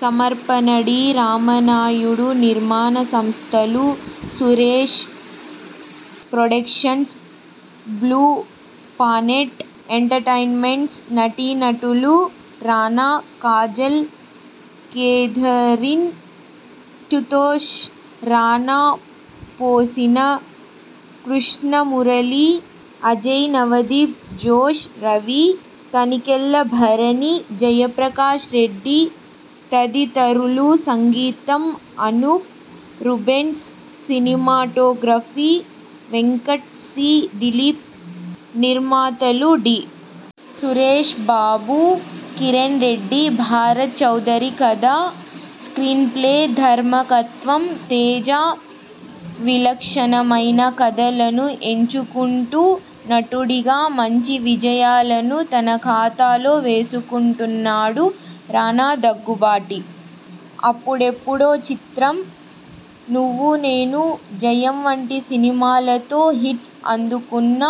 సమర్పణ డి. రామానాయుడు నిర్మాణ సంస్థలు సురేష్ ప్రొడక్షన్స్, బ్లూ పానెట్ ఎంటర్టైన్మెంట్స్ నటీనటులు రానా, కాజల్, కేథరిన్, అశుతోష్ రాణా, పాసాని కృష్ణమురళి, అజయ్, నవదీప్, జోష్ రవి, తనికెళ్లభరణి, జయప్రకాష్ రెడ్డి తదితరులు సంగీతం Anoop Rubens cinematography Venkat C. Dilip నిర్మాతలు డి. సురేష్బాబు, కిరణ్రెడ్డి, భరత్ చౌదరి కథ, స్క్రీన్ప్లే, ధర్మకత్వం తేజ విలక్షణమైన కథలను ఎంచుకుంటూ నటుడిగా మంచి విజయాలను తన ఖాతాలో వేసుకుంటున్నాడు రానా దగ్గుబాటి. అప్పుడెప్పుడో చిత్రం, నువ్వు నేను, జయం వంటి సినిమాలతో హిట్స్ అందుకున్న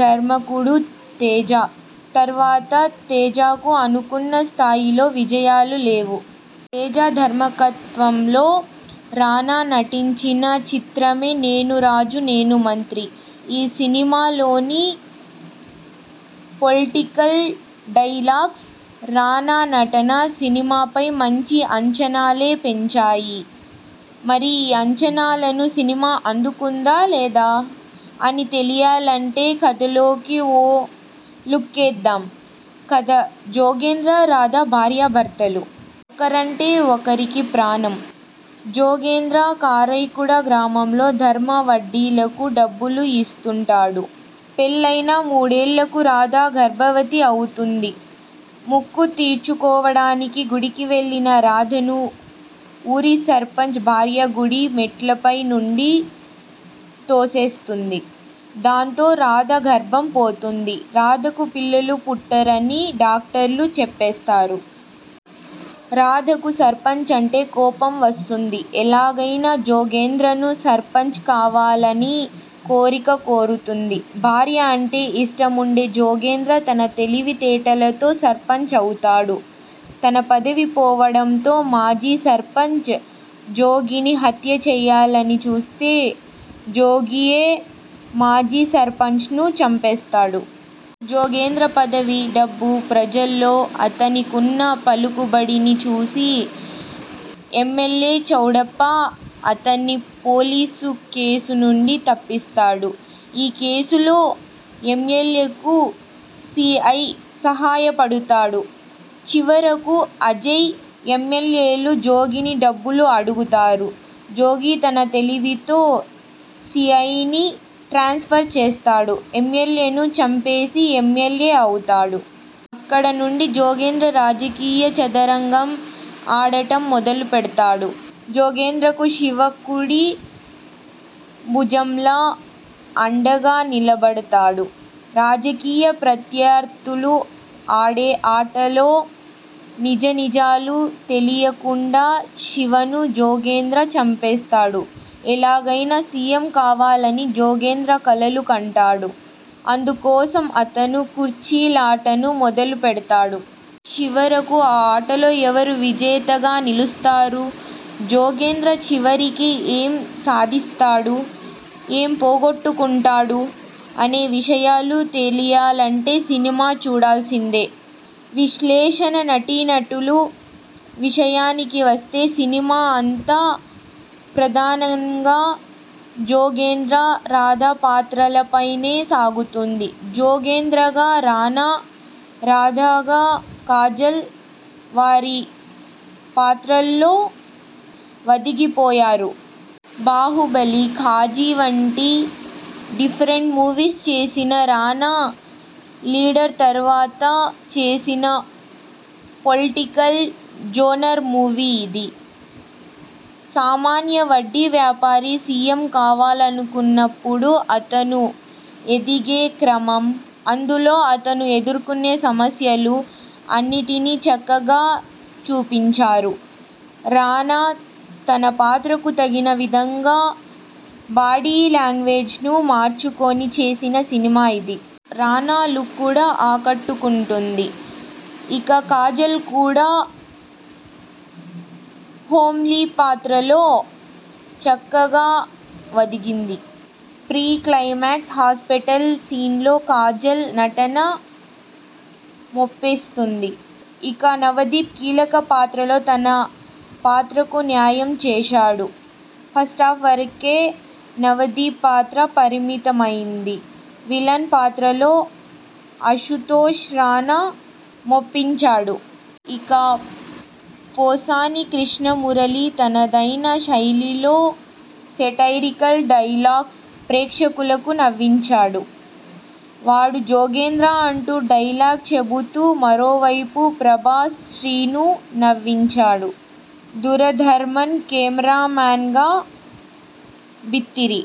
దర్శకుడు తేజ. తర్వాత తేజకు అనుకున్న స్థాయిలో విజయాలు లేవు. తేజ ధర్మకత్వంలో రానా నటించిన చిత్రమే 'నేను రాజు నేను మంత్రి'. ఈ సినిమాలోని పొలిటికల్ డైలాగ్స్, రానా నటన సినిమాపై మంచి అంచనాలే పెంచాయి. మరి ఈ అంచనాలను సినిమా అందుకుందా? లేదా? అని తెలియాలంటే కథలోకి ఓ లుక్కేదాం.. కథ జోగేంద్ర, రాధ భార్యభర్తలు. ఒకరంటే ఒకరికి ప్రాణం. జోగేంద్ర కారైకూడా గ్రామంలో ధర్మ వడ్డీలకు డబ్బులు ఇస్తుంటాడు. పెళ్లైయిన మూడేళ్లకు రాధ గర్భవతి అవుతుంది. మొక్కు తీర్చుకోవడానికి గుడికి వెళ్లిన రాధను ఊరి సర్పంచ్ భార్య గుడి మెట్లపై నుండి తోసేస్తుంది. దాంతో రాధ గర్భం పోతుంది. రాధకు పిల్లలు పుట్టరని డాక్టర్లు చెప్పేస్తారు. రాధకు సర్పంచ్ అంటే కోపం వస్తుంది. ఎలాగైనా జోగేంద్రను సర్పంచ్ కావాలని కోరిక కోరుతుంది. భార్య అంటే ఇష్టముండే జోగేంద్ర తన తెలివి తేటలతో సర్పంచ్ అవుతాడు. తన పదవి పోవడంతో మాజీ సర్పంచ్, జోగిని హత్య చేయాలని చూస్తే, జోగియే మాజీ సర్పంచ్ను చంపేస్తాడు. జోగేంద్ర పదవి, డబ్బు, ప్రజల్లో అతనికున్న పలుకుబడిని చూసి ఎమ్మెల్యే చౌడప్ప అతన్ని పోలీసు కేసు నుండి తప్పిస్తాడు. ఈ కేసులో ఎమ్మెల్యేకు సి. ఐ సహాయపడతాడు. చివరకు అజయ్, ఎమ్మెల్యేలు జోగిని డబ్బులు అడుగుతారు. జోగి తన తెలివితో సిఐని ట్రాన్స్ఫర్ చేయిస్తాడు. ఎమ్మెల్యేను చంపేసి ఎమ్మెల్యే అవుతాడు. అక్కడ నుండి జోగేంద్ర రాజకీయ చదరంగం ఆడటం మొదలు పెడతాడు. జోగేంద్రకు శివ కుడి భుజంలా అండగా నిలబడతాడు. రాజకీయ ప్రత్యర్థులు ఆడే ఆటలో నిజా నిజాలు తెలియకుండా శివను జోగేంద్ర చంపేస్తాడు. ఎలాగైనా సీఎం కావాలని జోగేంద్ర కలలు కంటాడు. అందుకోసం అతను కుర్చీలాటను మొదలు పెడతాడు. చివరకు ఆ ఆటలో ఎవరు విజేతగా నిలుస్తారు? జోగేంద్ర చివరికి ఏం సాధిస్తాడు? ఏం పొగొట్టుకుంటాడు? అనే విషయాలు తెలియాలంటే సినిమా చూడాల్సిందే. విశ్లేషణ నటీనటులు విషయానికి వస్తే సినిమా అంతా ప్రధానంగా జోగేంద్ర, రాధ పాత్రలపైనే సాగుతుంది. జోగేంద్రగా రానా, రాధగా కాజల్ వారి పాత్రల్లో ఒదిగిపోయారు. బాహుబలి, ఘాజీ వంటి డిఫరెంట్ మూవీస్ చేసిన రానా లీడర్ తర్వాత చేసిన పొలిటికల్ జోనర్ మూవీ ఇది. సామాన్య వడ్డీ వ్యాపారి సీఎం కావాలనుకున్నప్పుడు అతను ఎదిగే క్రమం, అందులో అతను ఎదుర్కొనే సమస్యలు అన్నింటినీ చక్కగా చూపించారు. రానా తన పాత్రకు తగిన విధంగా బాడీ లాంగ్వేజ్ను మార్చుకుని చేసిన సినిమా ఇది. రానా లుక్ కూడా ఆకట్టుకుంటుంది. ఇక కాజల్ కూడా హోమ్లి పాత్రలో చక్కగా ఒదిగింది. ప్రీ క్లైమాక్స్లో హాస్పిటల్ సీన్లో కాజల్ నటన మెప్పిస్తుంది. ఇక నవదీప్ కీలక పాత్రలో తన పాత్రకు న్యాయం చేశాడు. ఫస్టాఫ్ వరకే నవదీప్ పాత్ర పరిమితమైంది. విలన్ పాత్రలో అశుతోష్ రానా మెప్పించాడు. ఇక పోసాని కృష్ణమురళి తనదైన శైలిలో సెటైరికల్ డైలాగ్స్ తో ప్రేక్షకులను నవ్వించాడు. వాడు జోగేంద్ర.. అంటూ డైలాగ్ చెబుతూ మరోవైపు ప్రభాస్ శ్రీను నవ్వించాడు. దూరదర్శన్ కెమెరామెన్గా బిత్తిరి